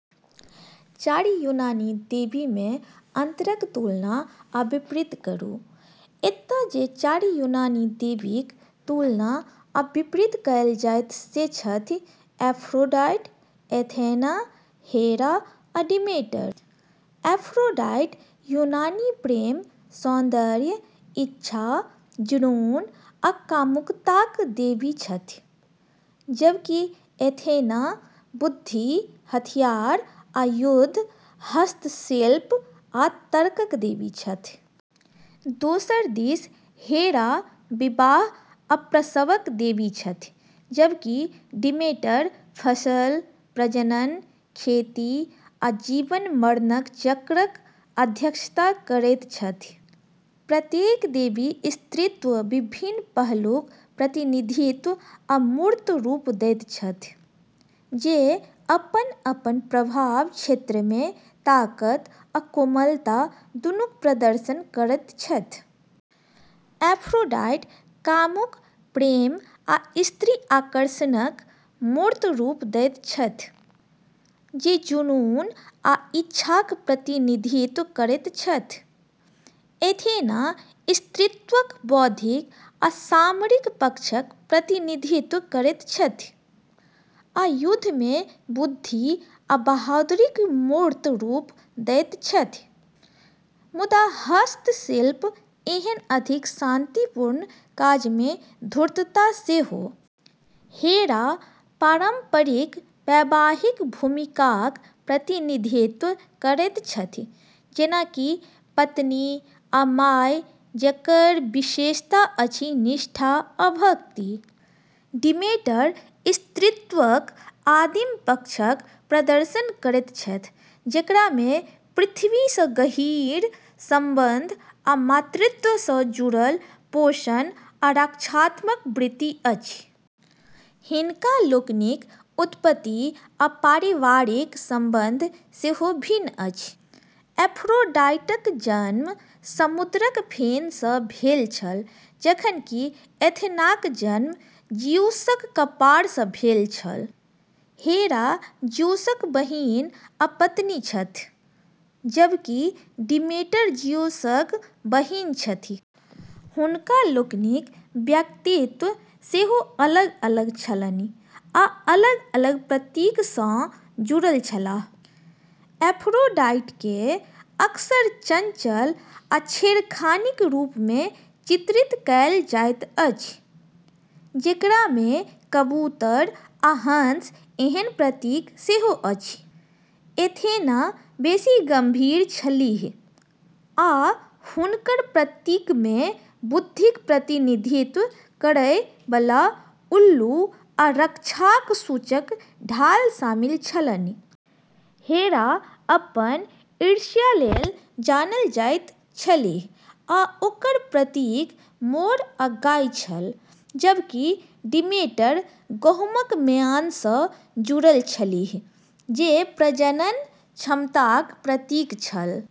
चारि यूनानी देवीमे अंतरक तुलना आ विपरीत करू। एतय जे चारि यूनानी देवीक तुलना आ विपरीत कएल जायत से छथि एफ्रोडाइट, एथेना, हेरा आ डिमेटर। एफ्रोडाइट यूनानी प्रेम, सौन्दर्य, इच्छा, जुनून, आ कामुकताक देवी छथि, जबकि एथेना बुद्धि, हथियार आ युद्ध, हस्तशिल्प आ तर्कक देवी छथि। दोसर दिस हेरा विवाह आ प्रसवक देवी छथि, जबकि डिमेटर फसल, प्रजनन, खेती आ जीवन-मरणक चक्रक अध्यक्षता करैत छथि। प्रत्येक देवी स्त्रीत्वक विभिन्न पहलूक प्रतिनिधित्व आ मूर्त रूप दैत छथि, जे अपन-अपन प्रभाव क्षेत्रमे ताकत आ कोमलता दुनूक प्रदर्शन करैत छथि। एफ्रोडाइट कामुक प्रेम आ स्त्री आकर्षणक मूर्त रूप दैत छथि, जे जुनून आ इच्छाक प्रतिनिधित्व करैत छथि। एथेना, स्त्रीत्वक बौद्धिक आ सामरिक पक्षक प्रतिनिधित्व करैत छथि, आ युद्धमे बुद्धि आ बहादुरीक मूर्त रूप दैत छथि, मुदा हस्तशिल्प एहन अधिक शांतिपूर्ण काजमे धूर्तता सेहो। हेरा पारंपरिक वैवाहिक भूमिकाक प्रतिनिधित्व करैत छथि, जेना कि पत्नी आ माय, जेकर विशेषता अछि निष्ठा आ भक्ति। डिमेटर स्त्रीत्वक आदिम पक्षक प्रदर्शन करैत छथि, जेकरामे पृथ्वी सँ गहींर संबंध आ मातृत्व सँ जुड़ल पोषण आ रक्षात्मक वृत्ति अछि। हिनका लोकनिक उत्पत्ति आ पारिवारिक संबंध सेहो भिन्न अछि। एफ्रोडाइटक जन्म समुद्रक फेन सँ भेल छल, जखन कि एथेनाक जन्म ज़ीउसक कपार सँ भेल छल। हेरा ज़ीउसक बहिन आ पत्नी छथि, जबकि डिमेटर ज़ीउसक बहिन छथि। हुनका लोकनिक व्यक्ति त्व सेहो अलग-अलग छलनि आ अलग-अलग प्रतीक सँ जुड़ल छलाह। एफ्रोडाइटकेँ अक्सर चंचल आ छेड़खानीक रूपमे चित्रित कएल जाइत अछि, जेकरामे कबूतर आ हंस एहन प्रतीक सेहो अछि। एथेना बेसी गंभीर छलीह, आ हुनकर प्रतीकमे बुद्धिक प्रतिनिधित्व करय बला उल्लू आ रक्षाक सूचक ढाल शामिल छलनि। हेरा अपन ईर्ष्या लेल जानल जाइत छलीह आ ओकर प्रतीक मोर आ गाय छल, जबकि डिमेटर गहूमक म्यान सँ जुड़ल छलीह, जे प्रजनन क्षमताक प्रतीक छल।